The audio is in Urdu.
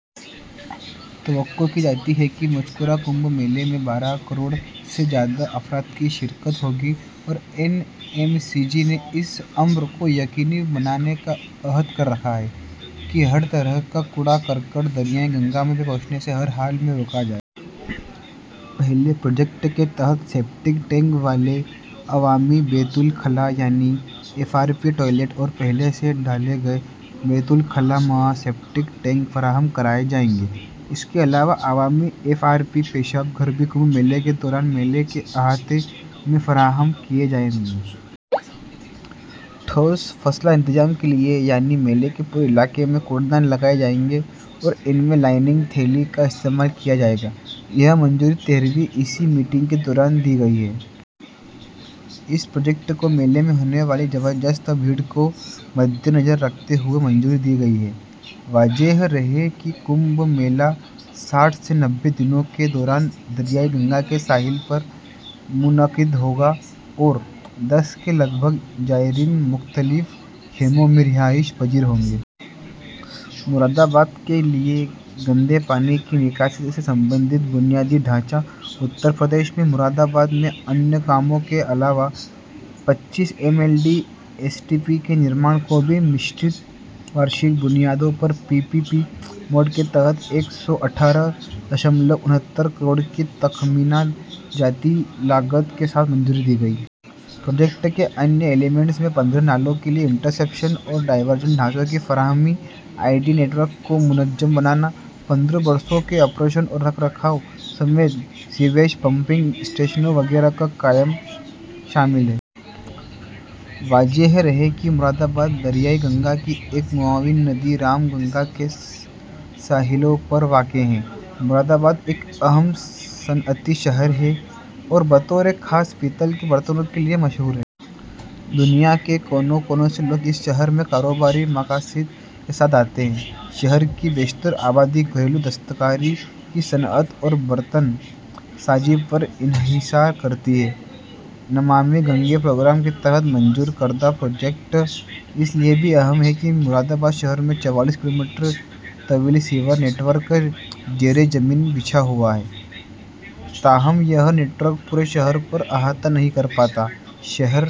توقع کی جاتی ہے کہ مذکورہ کمبھ میلے میں بارہ کروڑ سے زائد افراد کی شرکت ہوگی اور این ایم سی جی نے اس امر کو یقینی بنانے کا عہد کر رکھا ہے کہ ہر طرح کا کوڑا کرکٹ دریائے گنگا میں پہنچنے سے ہر حال میں روکا جائے۔ پہلے پروجیکٹ کے تحت سیپٹک ٹینک والے عوامی بیت الخلاء، یعنی ایف آر پی ٹوائلٹ اور پہلے سے ڈھالے گئے بیت الخلاء مع سیپٹک ٹینک فراہم کرائے جائیں گے۔ اس کے علاوہ عوامی ایف آر پی پیشاب گھر بھی کمبھ میلے کے دوران میلے کے احاطے میں فراہم کرائے جائیں گے۔ ٹھوس فضلہ انتظام کے لیے، یعنی میلے کے پورے علاقے میں کوڑے دان لگائے جائیں گے اور ان میں لائننگ تھیلوں کا استعمال کیا جائے گا۔ یہ منظوری تیرہویں ای سی میٹنگ کے دوران دی گئی ہے۔ اس پروجیکٹ کو میلے میں ہونے والی زبردست بھیڑ کو مدنظر رکھتے ہوئے منظوری دی گئی ہے۔ واضح رہے کہ کمبھ میلہ ساٹھ سے نوے دنوں کے دوران دریائے گنگا کے ساحل پر منعقد ہوگا اور دس کے لگ بھگ زائرین مختلف خیموں میں رہائش پذیر ہوں گے۔ مرادآباد کے لیے گندے پانی کی نکاسی سے متعلق بنیادی ڈھانچہ اترپردیش میں مرادآباد میں دیگر کاموں کے علاوہ پچیس M L D S T P کے تعمیر کو بھی مخلوط سالانہ بنیادوں پر پی پی پی موڈ کے تحت ایک سو اٹھارہ اعشاریہ انہتر کروڑ کی تخمینہ جاتی لاگت کے ساتھ منظوری دی گئی ہے۔ پروجیکٹ کے دیگر عناصر میں پندرہ نالوں کے لیے انٹرسیپشن اور ڈائیورژن ڈھانچوں کی فراہمی، آئی ڈی نیٹ ورک کو منظم بنانا، پندرہ برسوں کے آپریشن اور رکھ رکھاؤ سمیت سیویج پمپنگ اسٹیشنوں وغیرہ کا قیام شامل ہے۔ واضح رہے کہ مرادآباد دریائے گنگا کی ایک معاون ندی رام گنگا کے ساحلوں پر واقع ہے۔ مرادآباد ایک اہم صنعتی شہر ہے اور بطورِ خاص پیتل کے برتنوں کے لیے مشہور ہے۔ دنیا کے کونے کونے سے لوگ اس شہر میں کاروباری مقاصد کے ساتھ آتے ہیں۔ شہر کی بیشتر آبادی، گھریلو دستکاری کی صنعت اور برتن سازی پر انحصار کرتی ہے۔ نمامی گنگے پروگرام کے تحت منظور کردہ پروجیکٹ اس لیے بھی اہم ہے کہ مرادآباد شہر میں چوالیس کلومیٹر طویل سیور نیٹ ورک زیرِ زمین بچھا ہوا ہے، تاہم یہ نیٹ ورک پورے شہر پر احاطہ نہیں کر پاتا۔ شہر...